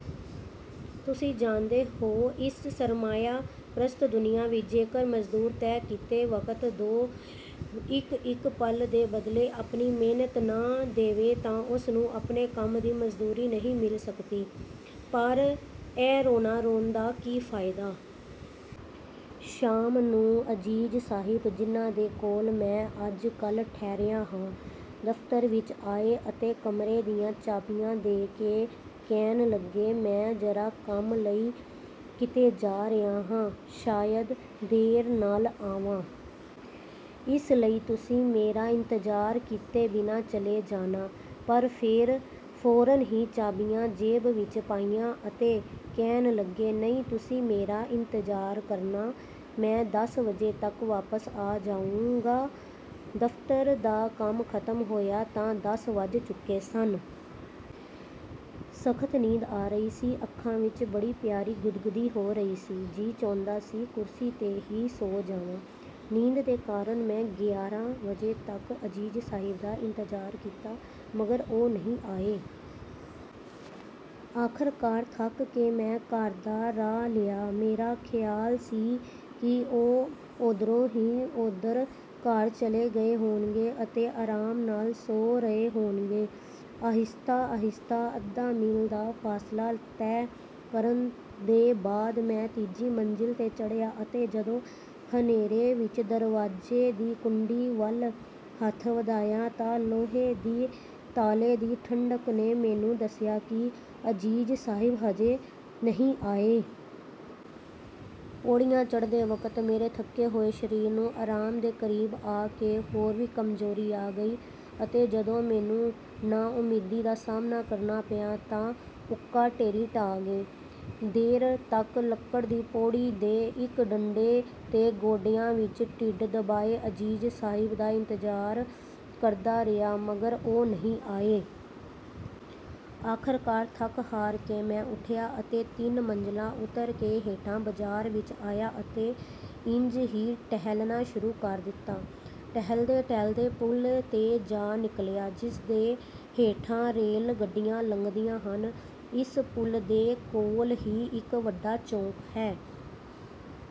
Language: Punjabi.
ਤੁਸੀਂ ਜਾਣਦੇ ਹੋ ਇਸ ਸਰਮਾਇਆ ਪਰਸਤ ਦੁਨੀਆ ਵਿੱਚ ਜੇਕਰ ਮਜ਼ਦੂਰ ਤੈਅ ਕੀਤੇ ਵਕਤ ਦੋ ਇੱਕ ਇੱਕ ਪਲ ਦੇ ਬਦਲੇ ਆਪਣੀ ਮਿਹਨਤ ਨਾ ਦੇਵੇ ਤਾਂ ਉਸਨੂੰ ਆਪਣੇ ਕੰਮ ਦੀ ਮਜ਼ਦੂਰੀ ਨਹੀਂ ਮਿਲ ਸਕਦੀ, ਪਰ ਇਹ ਰੋਣਾ ਰੋਣ ਦਾ ਕੀ ਫਾਇਦਾ? ਸ਼ਾਮ ਨੂੰ ਅਜ਼ੀਜ਼ ਸਾਹਿਬ, ਜਿਨ੍ਹਾਂ ਦੇ ਕੋਲ ਮੈਂ ਅੱਜ-ਕੱਲ੍ਹ ਠਹਰਿਆ ਹਾਂ, ਦਫ਼ਤਰ ਵਿੱਚ ਆਏ ਅਤੇ ਕਮਰੇ ਦੀਆਂ ਚਾਬੀਆਂ ਦੇ ਕੇ ਕਹਿਣ ਲੱਗੇ, "ਮੈਂ ਜਰਾ ਕੰਮ ਲਈ ਕਿਤੇ ਜਾ ਰਿਹਾ ਹਾਂ। ਸ਼ਾਇਦ ਦੇਰ ਨਾਲ ਆਵਾਂ। ਇਸ ਲਈ ਤੁਸੀਂ ਮੇਰਾ ਇੰਤਜ਼ਾਰ ਕੀਤੇ ਬਿਨਾਂ ਚਲੇ ਜਾਣਾ।" ਪਰ ਫਿਰ ਫ਼ੌਰਨ ਹੀ ਚਾਬੀਆਂ ਜੇਬ ਵਿੱਚ ਪਾਈਆਂ ਅਤੇ ਕਹਿਣ ਲੱਗੇ, "ਨਹੀਂ, ਤੁਸੀਂ ਮੇਰਾ ਇੰਤਜ਼ਾਰ ਕਰਨਾ। ਮੈਂ ਦਸ ਵਜੇ ਤੱਕ ਵਾਪਸ ਆ ਜਾਊਂਗਾ।" ਦਫ਼ਤਰ ਦਾ ਕੰਮ ਖਤਮ ਹੋਇਆ ਤਾਂ ਦਸ ਵਜ ਚੁੱਕੇ ਸਨ। ਸਖ਼ਤ ਨੀਂਦ ਆ ਰਹੀ ਸੀ। ਅੱਖਾਂ ਵਿੱਚ ਬੜੀ ਪਿਆਰੀ ਗੁਦਗੁਦੀ ਹੋ ਰਹੀ ਸੀ। ਜੀ ਚਾਹੁੰਦਾ ਸੀ ਕੁਰਸੀ ਤੇ ਹੀ ਸੌਂ ਜਾਂਵਾਂ। ਨੀਂਦ ਦੇ ਕਾਰਨ ਮੈਂ ਗਿਆਰਾਂ ਵਜੇ ਤੱਕ ਅਜ਼ੀਜ਼ ਸਾਹਿਬ ਦਾ ਇੰਤਜ਼ਾਰ ਕੀਤਾ ਮਗਰ ਉਹ ਨਹੀਂ ਆਏ। ਆਖ਼ਰਕਾਰ ਥੱਕ ਕੇ ਮੈਂ ਘਰ ਦਾ ਰਾਹ ਲਿਆ। ਮੇਰਾ ਖ਼ਿਆਲ ਸੀ ਕਿ ਉਹ ਉੱਧਰ ਹੀ ਉੱਧਰ ਘਰ ਚਲੇ ਗਏ ਹੋਣਗੇ ਅਤੇ ਆਰਾਮ ਨਾਲ਼ ਸੌਂ ਰਹੇ ਹੋਣਗੇ। ਆਹਿਸਤਾ- ਆਹਿਸਤਾ ਅੱਧ ਮੀਲ ਦਾ ਫ਼ਾਸਲਾ ਤੈਅ ਕਰਨ ਦੇ ਬਾਅਦ ਮੈਂ ਤੀਜੀ ਮੰਜ਼ਿਲ ਤੇ ਚੜ੍ਹਿਆ ਅਤੇ ਜਦੋਂ ਹਨੇਰੇ ਵਿੱਚ ਦਰਵਾਜ਼ੇ ਦੀ ਕੁੰਡੀ ਵੱਲ ਹੱਥ ਵਧਾਇਆ ਤਾਂ ਲੋਹੇ ਦੇ ਤਾਲੇ ਦੀ ਠੰਢਕ ਨੇ ਮੈਨੂੰ ਦੱਸਿਆ ਕਿ ਅਜ਼ੀਜ਼ ਸਾਹਿਬ ਹਜੇ ਨਹੀਂ ਆਏ। ਪੌੜੀਆਂ ਚੜ੍ਹਦੇ ਵਕਤ ਮੇਰੇ ਥਕੇ ਹੋਏ ਸ਼ਰੀਰ ਨੂੰ ਆਰਾਮ ਦੇ ਕਰੀਬ ਆਕੇ ਹੋਰ ਵੀ ਕਮਜ਼ੋਰੀ ਆ ਗਈ, ਅਤੇ ਜਦੋਂ ਮੈਨੂੰ ਨਾਉਮੀਦੀ ਦਾ ਸਾਹਮਣਾ ਕਰਨਾ ਪਿਆ ਤਾਂ ਉੱਕਾ ਢੇਰੀ ਢਾਹ ਗਏ। ਦੇਰ ਤੱਕ ਲੱਕੜ ਦੀ ਪੌੜੀ ਦੇ ਇੱਕ ਡੰਡੇ ਤੇ ਗੋਡਿਆਂ ਵਿੱਚ ਢਿੱਡ ਦਬਾਏ ਅਜ਼ੀਜ਼ ਸਾਹਿਬ ਦਾ ਇੰਤਜ਼ਾਰ ਕਰਦਾ ਰਿਹਾ ਮਗਰ ਉਹ ਨਹੀਂ ਆਏ। ਆਖ਼ਰਕਾਰ ਥੱਕ-ਹਾਰ ਕੇ ਮੈਂ ਉਠਿਆ ਅਤੇ ਤਿੰਨ ਮੰਜ਼ਲਾਂ ਉੱਤਰ ਕੇ ਹੇਠਾਂ ਬਾਜ਼ਾਰ ਵਿੱਚ ਆਇਆ ਅਤੇ ਇੰਜ ਹੀ ਟਹਿਲਣਾ ਸ਼ੁਰੂ ਕਰ ਦਿੱਤਾ। ਟਹਿਲਦੇ-ਟਹਿਲਦੇ ਪੁੱਲ ਤੇ ਜਾ ਨਿਕਲਿਆ ਜਿਸਦੇ ਹੇਠੋਂ ਰੇਲ ਗੱਡੀਆਂ ਲੰਘਦੀਆਂ ਹਨ। ਇਸ ਪੁਲ ਦੇ ਕੋਲ਼ ਹੀ ਇੱਕ ਵੱਡਾ ਚੌਕ ਹੈ।